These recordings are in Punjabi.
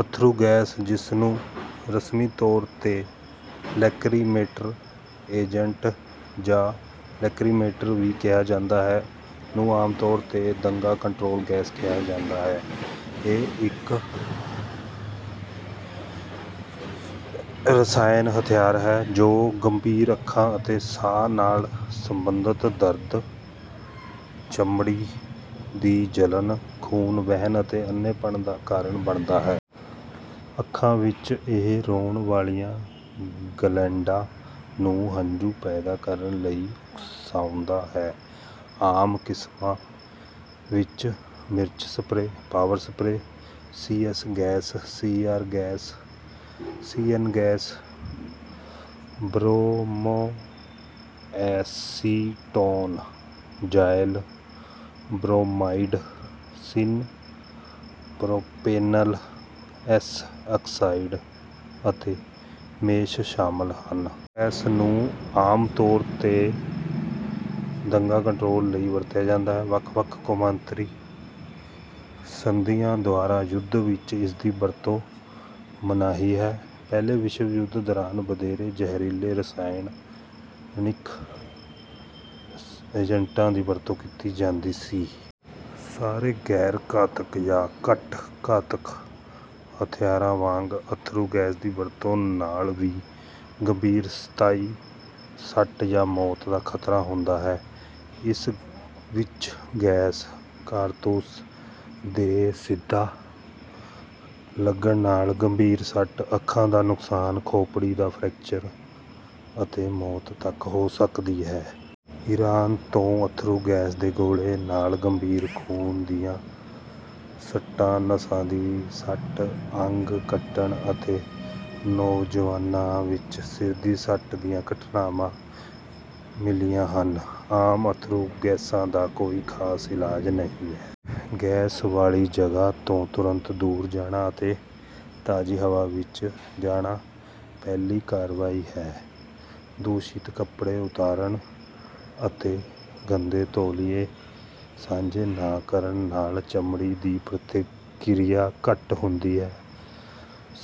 ਅੱਥਰੂ ਗੈਸ, ਜਿਸਨੂੰ ਰਸਮੀ ਤੌਰ ਤੇ ਲੈਕਰੀਮੇਟਰ ਏਜੰਟ ਜਾਂ ਲੈਕਰੀਮੇਟਰ ਵੀ ਕਿਹਾ ਜਾਂਦਾ ਹੈ, ਨੂੰ ਆਮ ਤੌਰ ਤੇ ਦੰਗਾ ਕੰਟਰੋਲ ਗੈਸ ਕਿਹਾ ਜਾਂਦਾ ਹੈ। ਇਹ ਇੱਕ ਰਸਾਇਣ ਹਥਿਆਰ ਹੈ ਜੋ ਗੰਭੀਰ ਅੱਖਾਂ ਅਤੇ ਸਾਹ ਨਾਲ ਸੰਬੰਧਤ ਦਰਦ, ਚਮੜੀ ਦੀ ਜਲਣ, ਖੂਨ ਵਹਿਣ ਅਤੇ ਅੰਨ੍ਹੇਪਣ ਦਾ ਕਾਰਨ ਬਣਦਾ ਹੈ। ਅੱਖਾਂ ਵਿੱਚ ਇਹ ਰੋਣ ਵਾਲੀਆਂ ਗਲੈਂਡਾਂ ਨੂੰ ਹੰਝੂ ਪੈਦਾ ਕਰਨ ਲਈ ਉਕਸਾਉਂਦਾ ਹੈ। ਆਮ ਕਿਸਮਾਂ ਵਿੱਚ ਮਿਰਚ spray, power spray, CS. Gas, CR. Gas, CN. Gas, bromoacetone, xylyl bromide, syn propanal S oxide ਅਤੇ ਮੇਸ ਸ਼ਾਮਲ ਹਨ। ਐਸ ਨੂੰ ਆਮ ਤੌਰ ਤੇ ਦੰਗਾ ਕੰਟਰੋਲ ਲਈ ਵਰਤਿਆ ਜਾਂਦਾ ਹੈ। ਵੱਖ-ਵੱਖ ਕੌਮਾਂਤਰੀ ਸੰਧੀਆਂ ਦੁਆਰਾ ਯੁੱਧ ਵਿੱਚ ਇਸਦੀ ਵਰਤੋਂ ਮਨਾਹੀ ਹੈ। ਪਹਿਲੇ ਵਿਸ਼ਵ ਯੁੱਧ ਦੌਰਾਨ ਵਧੇਰੇ ਜ਼ਹਿਰੀਲੇ ਰਸਾਇਣਕ ਏਜੰਟਾਂ ਦੀ ਵਰਤੋਂ ਕੀਤੀ ਜਾਂਦੀ ਸੀ। ਸਾਰੇ ਗੈਰ-ਘਾਤਕ ਜਾਂ ਘੱਟ-ਘਾਤਕ ਹਥਿਆਰਾਂ ਵਾਂਗ ਅੱਥਰੂ ਗੈਸ ਦੀ ਵਰਤੋਂ ਨਾਲ ਵੀ ਗੰਭੀਰ ਸਥਾਈ ਸੱਟ ਜਾਂ ਮੌਤ ਦਾ ਖ਼ਤਰਾ ਹੁੰਦਾ ਹੈ। ਇਸ ਵਿੱਚ ਗੈਸ ਕਾਰਤੂਸ ਦੇ ਸਿੱਧਾ ਲੱਗਣ ਨਾਲ ਗੰਭੀਰ ਸੱਟ, ਅੱਖਾਂ ਦਾ ਨੁਕਸਾਨ, ਖੋਪੜੀ ਦਾ ਫ੍ਰੈਕਚਰ ਅਤੇ ਮੌਤ ਤੱਕ ਹੋ ਸਕਦੀ ਹੈ। ਇਰਾਨ ਤੋਂ ਅੱਥਰੂ ਗੈਸ ਦੇ ਗੋਲੇ ਨਾਲ ਗੰਭੀਰ ਖੂਨ ਦੀਆਂ ਸੱਟਾਂ, ਨਸਾਂ ਦੀ ਸੱਟ, ਅੰਗ ਕੱਟਣ ਅਤੇ ਨੌਜਵਾਨਾਂ ਵਿੱਚ ਸਿਰ ਦੀ ਸੱਟ ਦੀਆਂ ਘਟਨਾਵਾਂ ਮਿਲੀਆਂ ਹਨ। ਆਮ ਅੱਥਰੂ ਗੈਸਾਂ ਦਾ ਕੋਈ ਖਾਸ ਇਲਾਜ ਨਹੀਂ ਹੈ। ਗੈਸ ਵਾਲੀ ਜਗ੍ਹਾ ਤੋਂ ਤੁਰੰਤ ਦੂਰ ਜਾਣਾ ਅਤੇ ਤਾਜ਼ੀ ਹਵਾ ਵਿੱਚ ਜਾਣਾ ਪਹਿਲੀ ਕਾਰਵਾਈ ਹੈ। ਦੂਸ਼ਿਤ ਕੱਪੜੇ ਉਤਾਰਨ ਅਤੇ ਗੰਦੇ ਤੌਲੀਏ ਸਾਂਝੇ ਨਾ ਕਰਨ ਨਾਲ ਚਮੜੀ ਦੀ ਪ੍ਰਤੀਕਿਰਿਆ ਘੱਟ ਹੁੰਦੀ ਹੈ।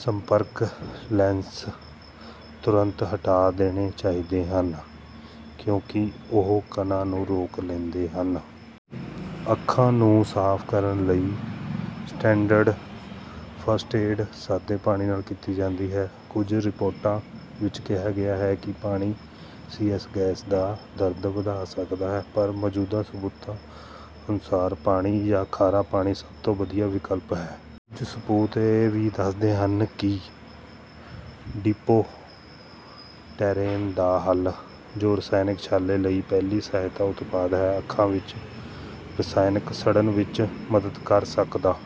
ਸੰਪਰਕ ਲੈਂਸ ਤੁਰੰਤ ਹਟਾ ਦੇਣੇ ਚਾਹੀਦੇ ਹਨ ਕਿਉਂਕਿ ਉਹ ਕਣਾਂ ਨੂੰ ਰੋਕ ਲੈਂਦੇ ਹਨ। ਅੱਖਾਂ ਨੂੰ ਸਾਫ਼ ਕਰਨ ਲਈ ਸਟੈਂਡਰਡ ਫਸਟ ਏਡ ਸਾਦੇ ਪਾਣੀ ਨਾਲ ਕੀਤੀ ਜਾਂਦੀ ਹੈ। ਕੁਝ ਰਿਪੋਰਟਾਂ ਵਿੱਚ ਕਿਹਾ ਗਿਆ ਹੈ ਕਿ ਪਾਣੀ ਸੀ.ਐਸ. ਗੈਸ ਦਾ ਦਰਦ ਵਧਾ ਸਕਦਾ ਹੈ, ਪਰ ਮੌਜੂਦਾ ਸਬੂਤਾਂ ਅਨੁਸਾਰ ਪਾਣੀ ਜਾਂ ਖਾਰਾ ਪਾਣੀ ਸਭ ਤੋਂ ਵਧੀਆ ਵਿਕਲਪ ਹੈ। ਕੁਝ ਸਬੂਤ ਇਹ ਵੀ ਦੱਸਦੇ ਹਨ ਕਿ ਡਿਪੋਟੇਰੇਨ ਦਾ ਹੱਲ, ਜੋ ਰਸਾਇਣਕ ਛਾਲੇ ਲਈ ਪਹਿਲੀ ਸਹਾਇਤਾ ਉਤਪਾਦ ਹੈ, ਅੱਖਾਂ ਵਿੱਚ ਰਸਾਇਣਕ ਸੜਨ ਵਿੱਚ ਮਦਦ ਕਰ ਸਕਦਾ